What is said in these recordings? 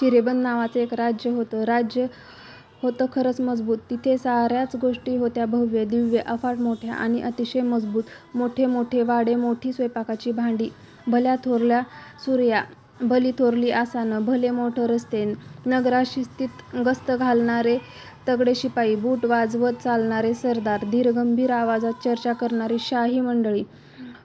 चिरेबंद नावाचं एक राज्य होतं. राज्य होतं खरंच मजबूत. तिथे साऱ्याच गोष्टी होत्या भव्य, दिव्य, अफाट मोठ्या आणि अतिशय मजबूत. मोठे मोठे वाडे, मोठी स्वयंपाकाची भांडी, भल्याथोरल्या सुरया, भलीथोरली आसनं. भले मोठे रस्ते. नगरात शिस्तीत गस्त घालणारे तगडे शिपाई, बूट वाजवत चालणारे सरदार, धीरगंभीर आवाजात चर्चा करणारी शाही मंडळी,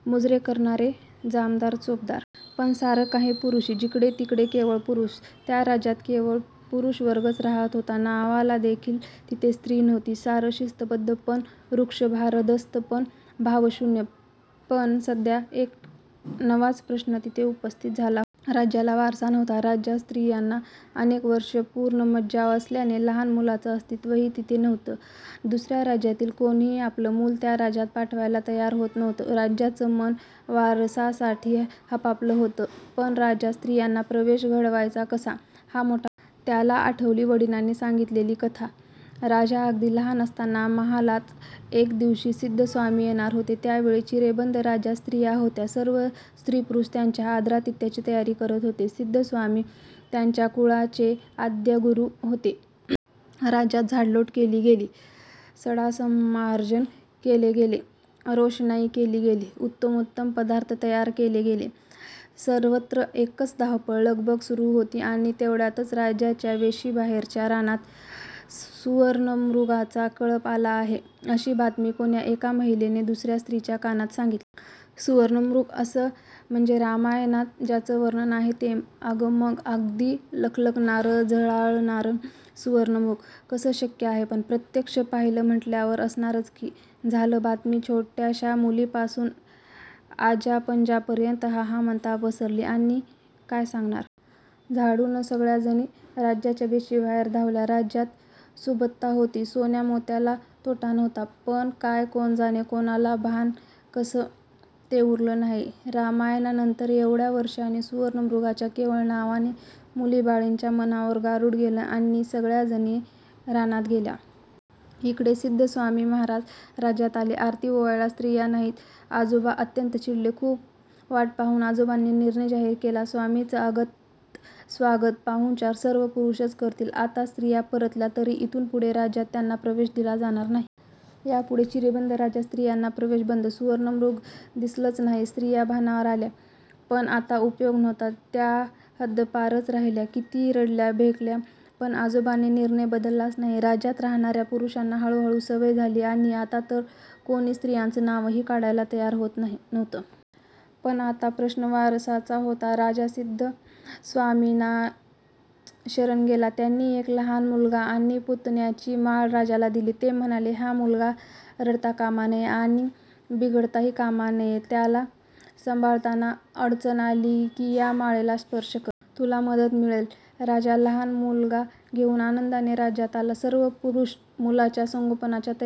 मुजरे करणारे जामदार चोपदार. पण सारं काही पुरुषी. जिकडेतिकडे केवळ पुरुष. त्या राज्यात केवळ पुरुषवर्गच राहत होता. नावालादेखील तिथे स्त्री नव्हती. सारं शिस्तबध्द पण रुक्ष; भारदस्त पण भावशून्य,. पण सध्या एक नवाच प्रश्न तिथे उपस्थित झाला होता. राज्याला वारस नव्हता. राज्यात स्त्रियांना अनेक वर्षं पूर्ण मज्जाव असल्याने लहान मुलांचं अस्तित्वही तिथे नव्हतं. दुसऱ्या राज्यातील कोणीही आपलं मूल त्या राज्यात पाठवायला तयार होत नव्हतं. राजाचं मन वारसासाठी हपापलं होतं. पण राज्यात स्त्रियांना प्रवेश घडवायचा कसा, हा मोठा प्रश्न होता. त्याला आठवली वडिलांनी सांगितलेली कथा. राजा अगदी लहान असताना महालात एके दिवशी सिध्दस्वामी येणार होते. त्या वेळी चिरेबंद राज्यात स्त्रिया होत्या. सर्व स्त्रीपुरुष त्यांच्या आदरातिथ्याची तयारी करीत होते. सिध्दस्वामी त्यांच्या कुळाचे आद्यगुरू होते. राज्यात झाडलोट केली गेली. सडासंमार्जन केले गेले. रोषणाई केली गेली. उत्तमोत्तम पदार्थ तयार केले गेले. सर्वत्र एकच धावपळ, लगबग सुरू होती आणि तेवढ्यातच राज्याच्या वेशीबाहेरच्या रानात सुवर्णमृगांचा कळप आला आहे, अशी बातमी कोण्या एका महिलेने दुसऱ्या स्त्रीच्या कानात सांगितली. "सुवर्णमृग? अगं म्हणजे रामायणात ज्याचं वर्णन आहे ते? अगं मग? अगदी लखलखणारं, झळाळणारं सुवर्णमृग? कसं शक्य आहे पण? प्रत्यक्ष पाहिलं म्हटल्यावर असणारच की. " झालं बातमी छोट्याशा मुलीपासून आज्यापणज्यांपर्यंत हा हा म्हणता पसरली आणि काय सांगणार? झाडून सगळ्याजणी राज्याच्या वेशीबाहेर धावल्या. राज्यात सुबत्ता होती, सोन्यामोत्याला तोटा नव्हता. पण काय कोण जाणे, कोणाला भान कसं ते उरलं नाही. रामायणानंतर एवढ्या वर्षांनी सुवर्णमृगाच्या केवळ नावाने मुलीबाळींच्या मनावर गारुड केलं आणि सगळ्याजणी रानात गेल्या. इकडे सिध्दस्वामी महाराज राज्यात आले. आरती ओवाळायला स्त्रिया नाहीत. आजोबा अत्यंत चिडले. खूप वाट पाहून आजोबांनी निर्णय जाहीर केला. –"स्वामींचं आगतस्वागत पाहुणचार सर्व पुरुषच करतील. आता स्त्रिया परतल्या, तरी इथून पुढे राज्यात त्यांना प्रवेश दिला जाणार नाही. यापुढे चिरेबंद राज्यात स्त्रियांना प्रवेश बंद. "- सुवर्णमृग दिसलंच नाही. स्त्रिया भानावर आल्या. पण आता उपयोग नव्हता. त्या हद्दपारच राहिल्या. किती रडल्या भेकल्या, पण आजोबांनी निर्णय बदललाच नाही. राज्यात राहणाऱ्या पुरुषांना हळूहळू सवय झाली आणि आता तर कोणीच स्त्रियांचं नावही काढायला तयार होत नव्हतं. पण आता प्रश्न वारसाचा होता. राजा सिध्दस्वामींनाच शरण गेला. त्यांनी एक लहान मुलगा आणि पुतळ्यांची माळ राजाला दिली. ते म्हणाले,"हा मुलगा रडता कामा नये आणि बिघडताही कामा नये. त्याला सांभाळताना अडचण आली की या माळेला स्पर्श कर. तुला मदत मिळेल. "-- राजा लहान मुलगा घेऊन आनंदाने राज्यात आला. सर्व पुरुष मुलाच्या संगोपनाच्या तयारीला